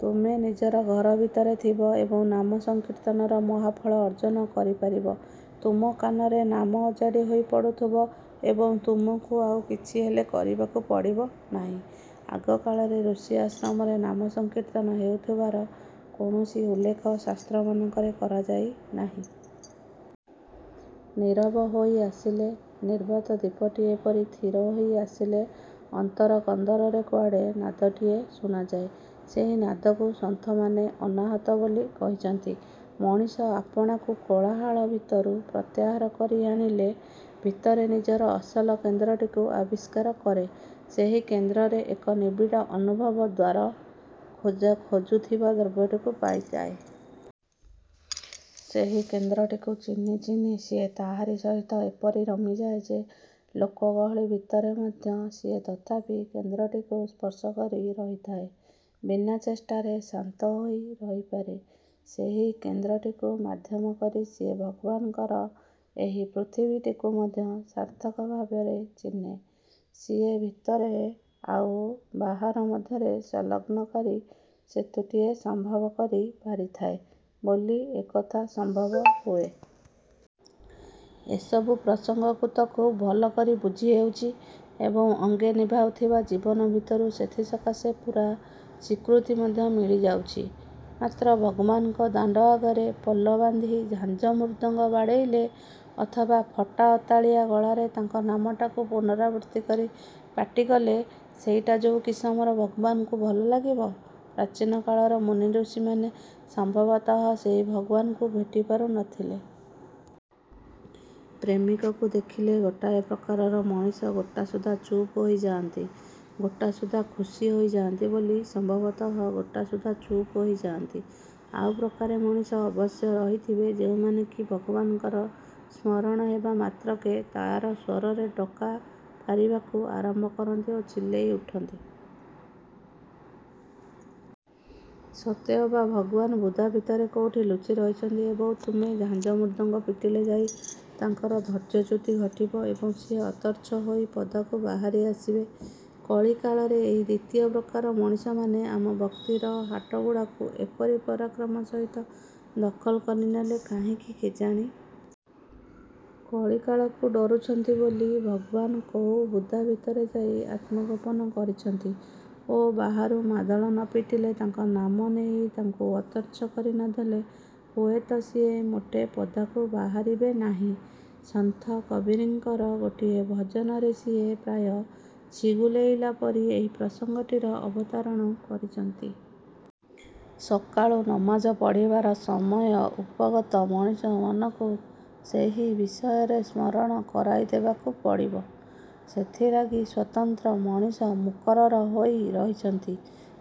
ତୁମେ ନିଜର ଘର ଭିତରେ ଥିବ ଏବଂ ନାମସଂକୀର୍ତ୍ତନର ମହାଫଳ ଅର୍ଜନ କରିପାରିବ। ତୁମ କାନରେ ନାମ ଅଜାଡ଼ି ହୋଇ ପଡୁଥିବ ଏବଂ ତୁମକୁ ଆଉ କିଛିହେଲେ କରିବାକୁ ପଡ଼ିବ ନାହିଁ। ଆଗକାଳର ଋଷି ଆଶ୍ରମରେ ନାମ ସଂକୀର୍ତ୍ତନ ହେଉଥିବାର କୌଣସି ଉଲ୍ଲେଖ ଶାସ୍ତ୍ରମାନଙ୍କରେ କରାଯାଇ ନାହିଁ। ନୀରବ ହୋଇ ଆସିଲେ, ନିର୍ବାତ ଦୀପଟିଏ ପରି ଥିର ହୋଇ ଆସିଲେ ଅନ୍ତର କନ୍ଦରରେ କୁଆଡ଼େ ନାଦଟିଏ ଶୁଣାଯାଏ। ସେହି ନାଦକୁ ସନ୍ଥମାନେ ଅନାହତ ବୋଲି କହିଛନ୍ତି। ମଣିଷ ଆପଣାକୁ କୋଳାହଳ ଭିତରୁ ପ୍ରତ୍ୟାହାର କରି ଆଣିଲେ ଭିତରେ ନିଜର ଅସଲ କେନ୍ଦ୍ରଟିକୁ ଆବିଷ୍କାର କରେ, ସେହି କେନ୍ଦ୍ରରେ ଏକ ନିବିଡ଼ ଅନୁଭବ ଦ୍ଵାରା ଖୋଜୁଥିବା ଦ୍ରବ୍ୟଟିକୁ ପାଇଯାଏ। ସେଇ କେନ୍ଦ୍ରଟିକୁ ଚିହ୍ନ ଚିହ୍ନ ସିଏ ତାହାରି ସହିତ ଏପରି ରମିଯାଏ ଯେ ଲୋକଗହଳି ଭିତରେ ମଧ୍ୟ ସିଏ ତଥାପି କେନ୍ଦ୍ରଟିକୁ ସ୍ପର୍ଶ କରି ରହିଥାଏ। ବିନା ଚେଷ୍ଟାରେ ଶାନ୍ତ ହୋଇ ରହିପାରେ। ସେହି କେନ୍ଦ୍ରଟିକୁ ମାଧ୍ୟମ କରି ସିଏ ଭଗବାନଙ୍କର ଏହି ପୃଥିବୀଟିକୁ ମଧ୍ୟ ସାର୍ଥକ ଭାବରେ ଚିହ୍ନେ, ସିଏ ଭିତରେ ଆଉ ବାହାର ମଧ୍ୟରେ ସଂଲଗ୍ନକାରୀ ସେତୁଟିଏ ସମ୍ଭବ କରି ପାରିଥାଏ ବୋଲି ଏକଥା ସମ୍ଭବ ହୁଏ। ଏସବୁ ପ୍ରସଙ୍ଗକୁ ତ ଖୁବ୍ ଭଲ କରି ବୁଝି ହେଉଛି ଏବଂ ଅଙ୍ଗେ ନିଭାଇଥିବା ଜୀବନ ଭିତରୁ ସେଥିସକାଶେ ପୂରା ସ୍ୱୀକୃତି ମଧ୍ୟ ମିଳିଯାଉଛି। ମାତ୍ର ଭଗବାନଙ୍କ ଦାଣ୍ଡ ଆଗରେ ପଲ ବାନ୍ଧି ଝାଞ୍ଜ ମୃଦଙ୍ଗ ବାଡ଼େଇଲେ ଅଥବା ଫଟା ଅତାଳିଆ ଗଳାରେ ତାଙ୍କ ନାମଟାକୁ ପୁନରାବୃତ୍ତି କରି ପାଟି କଲେ ସେଇଟା ଯୋଉ କିସମର ଭଗବାନଙ୍କୁ ଭଲ ଲାଗିବ, ପ୍ରାଚୀନ କାଳର ମୁନିଋଷିମାନେ ସମ୍ଭବତଃ ସେହି ଭଗବାନଙ୍କୁ ଭେଟିପାରୁ ନଥିଲେ। ପ୍ରେମିକକୁ ଦେଖିଲେ ଗୋଟାଏ ପ୍ରକାରର ମଣିଷ ଗୋଟାସୁଦ୍ଧା ଚୁପ ହୋଇ ଯାଆନ୍ତି, ଗୋଟାସୁଦ୍ଧା ଖୁସି ହୋଇଯାଆନ୍ତି ବୋଲି ସମ୍ଭବତଃ ଗୋଟାସୁଦ୍ଧା ଚୁପ୍ ହୋଇ ଯାଆନ୍ତି। ଆଉ ପ୍ରକାରେ ମଣିଷ ଅବଶ୍ୟ ରହିଥିବେ, ଯେଉଁମାନେ କି ଭଗବାନଙ୍କର ସ୍ମରଣ ହେବା ମାତ୍ରକେ ତାରସ୍ୱରରେ ଡ଼କା ପାରିବାକୁ ଆରମ୍ଭ କରନ୍ତି ଓ ଚିଲେଇ ଉଠନ୍ତି। ସତେଅବା ଭଗବାନ ବୁଦା ଭିତରେ କୋଉଠି ଲୁଚି ରହିଛନ୍ତି ଏବଂ ତୁମେ ଝାଞ୍ଜ ମୃଦଙ୍ଗ ପିଟିଲେ ଯାଇ ତାଙ୍କର ଧୈର୍ଯ୍ୟଚ୍ୟୁତି ଘଟିବ ଏବଂ ସିଏ ଅତର୍ଚ୍ଛ ହୋଇ ପଦାକୁ ବାହାରି ଆସିବେ। କଳିକାଳରେ ଏହି ଦ୍ୱିତୀୟ ପ୍ରକାରର ମଣିଷମାନେ ଆମ ଭକ୍ତିର ହାଟଗୁଡ଼ାକୁ ଏପରି ପରାକ୍ରମ ସହିତ ଦଖଲ କରିନେଲେ କାହିଁକି କେଜାଣି? କଳିକାଳକୁ ଡ଼ରୁଛନ୍ତି ବୋଲି ଭଗବାନ କୋଉ ବୁଦା ଭିତରେ ଯାଇ ଆତ୍ମଗୋପନ କରିଛନ୍ତି ଓ ବାହାରୁ ମାଦଳ ନ ପିଟିଲେ ତାଙ୍କ ନାମ ନେଇ ତାଙ୍କୁ ଅତର୍ଚ୍ଛ କରି ନଦେଲେ ହୁଏତ ସିଏ ମୋଟେ ପଦାକୁ ବାହାରିବେ ନାହିଁ। ସନ୍ଥ କବୀରଙ୍କର ଗୋଟିଏ ଭଜନରେ ସିଏ ପ୍ରାୟ ଛିଗୁଲେଇଲା ପରି ଏହି ପ୍ରସଙ୍ଗଟିର ଅବତାରଣା କରିଛନ୍ତି। ସକାଳୁ ନମାଜ ପଢ଼ିବାର ସମୟ ଉପଗତ ମଣିଷମାନଙ୍କୁ ସେହି ବିଷୟରେ ସ୍ମରଣ କରାଇଦେବାକୁ ପଡ଼ିବ। ସେଥିଲାଗି ସ୍ୱତନ୍ତ୍ର ମଣିଷ ମୁକରର ହୋଇ ରହିଛନ୍ତି।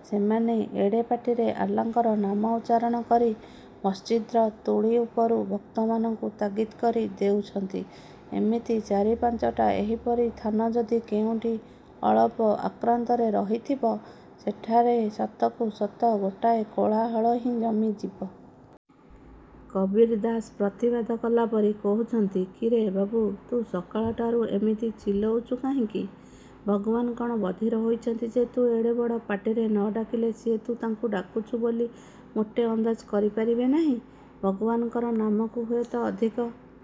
ସେମାନେ ଏଡ଼େ ପାଟିରେ ଆଲ୍ଲାଙ୍କର ନାମ ଉଚ୍ଚାରଣ କରି ମସ୍ଜିଦ୍ର ତୁଳି ଉପରୁ ଭକ୍ତମାନଙ୍କୁ ତାଗିଦ କରି ଦେଉଛନ୍ତି। ଏମିତି ଚାରି ପାଞ୍ଚଟା ଏହିପରି ଥାନ ଯଦି କେଉଁଠି ଅଳପ ଆକ୍ରାନ୍ତରେ ରହିଥିବ, ସେଠାରେ ସତକୁ ସତ ଗୋଟାଏ କୋଳାହଳ ହିଁ ଜମିଯିବ। କବୀର ଦାସ ପ୍ରତିବାଦ କଲାପରି କହୁଛନ୍ତି, କିରେ ବାବୁ ତୁ ସକାଳଟାରୁ ଏମିତି ଚିଲୋଉଛୁ କାହିଁକି, ଭଗବାନ କଣ ବଧିର ହୋଇଛନ୍ତି ଯେ ତୁ ଏଡ଼େ ବଡ଼ ପାଟିରେ ନ ଡାକିଲେ ସିଏ ତୁ ତାଙ୍କୁ ଡାକୁଛୁ ବୋଲି ମୋଟେ ଅନ୍ଦାଜ କରିପାରିବେ ନାହିଁ। ଭଗବାନଙ୍କର ନାମକୁ ହୁଏତ ଅଧିକ